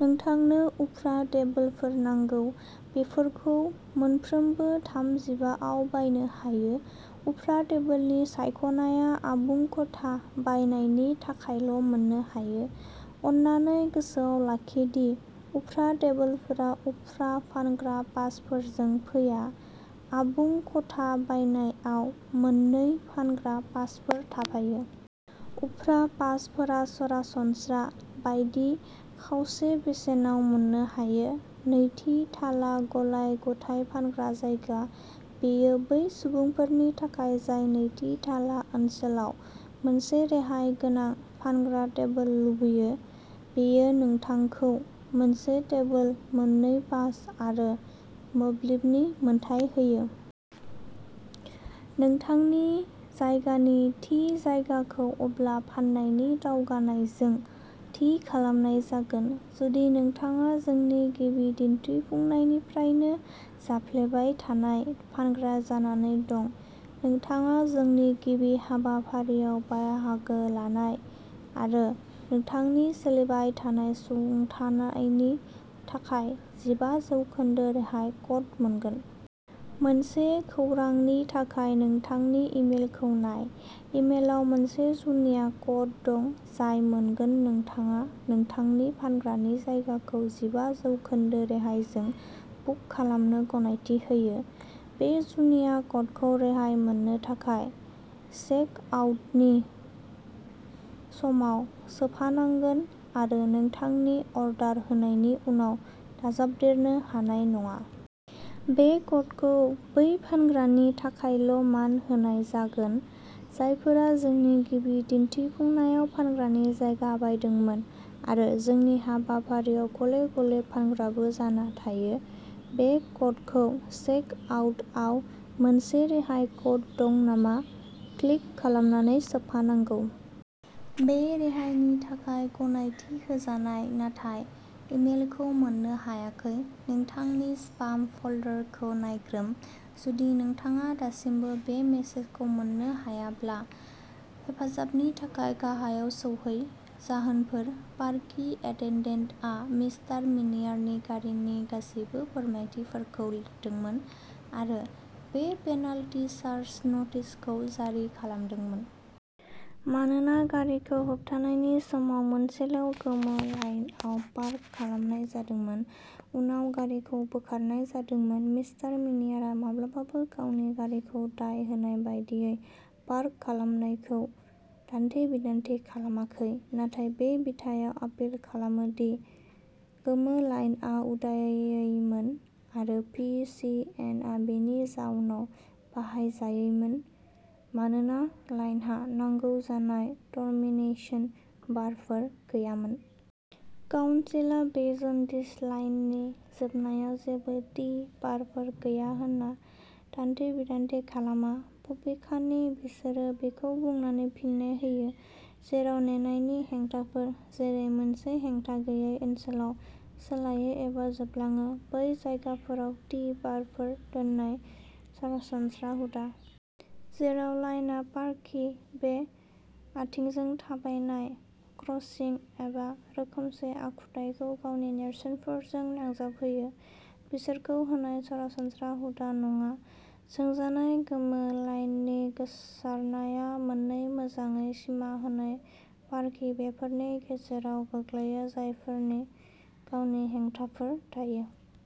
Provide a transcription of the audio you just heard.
नोंथांनो उफ्रा टेबोलफोर नांगौ, बेफोरखौ मोनफ्रोमबो थामजिबाआव बायनो हायो। उफ्रा टेबोलनि सायख'नायआ आबुं खथा बायनायनि थाखायल' मोननो हायो। अन्नानै गोसोआव लाखि दि उफ्रा टेबोलफोरा उफ्रा फानग्रा पासफोरजों फैया। आबुं खथा बायनायाव मोननै फानग्रा पासफोर थाफायो। उफ्रा पासफोरा सरासनस्रा बायदि खावसे बेसेनाव मोननो हायो। नैथि थाला गलाय-गथाय फानग्रा जायगा। बेयो बै सुबुंफोरनि थाखाय जाय नैथि थाला ओनसोलाव मोनसे रेहाय गोनां फानग्रा टेबोल लुबैयो। बेयो नोंथांखौ मोनसे टेबोल, मोननै पास आरो मोब्लिबनि मोन्थाइ होयो। नोंथांनि जायगानि थि जायगाखौ अब्ला फान्नायनि दावगानायजों थि खालामनाय जागोन। जुदि नोंथाङा जोंनि गिबि दिन्थिफुंनायनिफ्रायनो जाफ्लेबाय थानाय फानग्रा जानानै दं नोंथाङा जोंनि गिबि हाबाफारियाव बाहागो लानाय आरो नोंथांनि सोलिबाय थानाय सुंथानायनि थाखाय जिबा जौखोन्दो रेहाय क'ड मोनगोन। मोनसे खौरांनि थाखाय नोंथांनि इमेलखौ नाय। इमेलआव मोनसे जुनिया क'ड दं जाय मोनगोन नोंथाङा नोंथांनि फानग्रानि जायगाखौ जिबा जौखोन्दो रेहायजों बुक खालामनो गनायथि होयो। बे जुनिया क'डखौ रेहाय मोननो थाखाय चेकआउटनि समाव सोफानांगोन आरो नोंथांनि अर्डार होनायनि उनाव दाजाबदेरनो हानाय नङा। बे क'डखौ बै फानग्रानि थाखायल' मान होनाय जागोन, जायफोरा जोंनि गिबि दिन्थिफुंनायाव फानग्रानि जायगा बायदोंमोन आरो जोंनि हाबाफारियाव गले गले फानग्राबो जाना थायो। बे क'डखौ चेकआउटआव मोनसे रेहाय क'ड दं नामा? क्लिक खालामनानै सोफानांगौ। बे रेहायनि थाखाय गनायथि होजानाय, नाथाय इमेलखौ मोननो हायाखै? नोंथांनि स्पाम फोल्डरखौ नायग्रोम, जुदि नोंथाङा दासिमबो बे मेसेजखौ मोननो हायाब्ला, हेफाजाबनि थाखाय गाहायाव सौहै। जाहोनफोर पार्किं एटेन्डेन्टआ मिस्टार मिनियारनि गारिनि गासैबो फोरमायथिफोरखौ लिरदोंमोन आरो बे पेनाल्टि चार्ज न'टिस खौ जारि खालामदोंमोन। मानोना गारिखौ होबथानायनि समाव मोनसेल' गोमो लाइनआव पार्क खालामनाय जादोंमोन। उनाव गारिखौ बोखारनाय जादोंमोन। मिस्टार मिनियारा माब्लाबाबो गावनि गारिखौ दाय होनाय बायदियै पार्क खालामनायखौ दान्थे-बिदान्थे खालामाखै, नाथाय बे बिथायाव आपिल खालामो दि गोमो लाइनआ उदायैमोन, आरो पि सि एन आ बेनि जाउनाव बाहायजायैमोन, मानोना लाइनहा नांगौ जानाय टर्मिनेशन बारफोर गैयामोन। काउन्सिलआ बे जन्दिस लाइननि जोबनायाव जेबो टि बारफोर गैया होन्ना दान्थे-बिदान्थे खालामा। बबेखानि बिसोरो बेखौ बुंनानै फिननाय होयो, जेराव नेनायनि हेंथाफोर, जेरै, मोनसे हेंथागैयै ओनसोलाव सोलायो एबा जोबलाङो, बै जायगाफोराव टि बारफोर दोननाय सरासनस्रा हुदा। जेराव लाइनआ पार्कि बे, आथिंजों थाबायनाय क्रसिं एबा रोखोमसे आखुथायखौ गावनि नेरसोनफोरजों नांजाबहोयो, बिसोरखौ होनाय सरासनस्रा हुदा नङा। सोंजानाय गोमो लाइननि गोसारनाया मोननै मोजाङै सिमा होनाय पार्कि बेफोरनि गेजेराव गोग्लैयो, जायफोरनि गावनि हेंथाफोर थायो।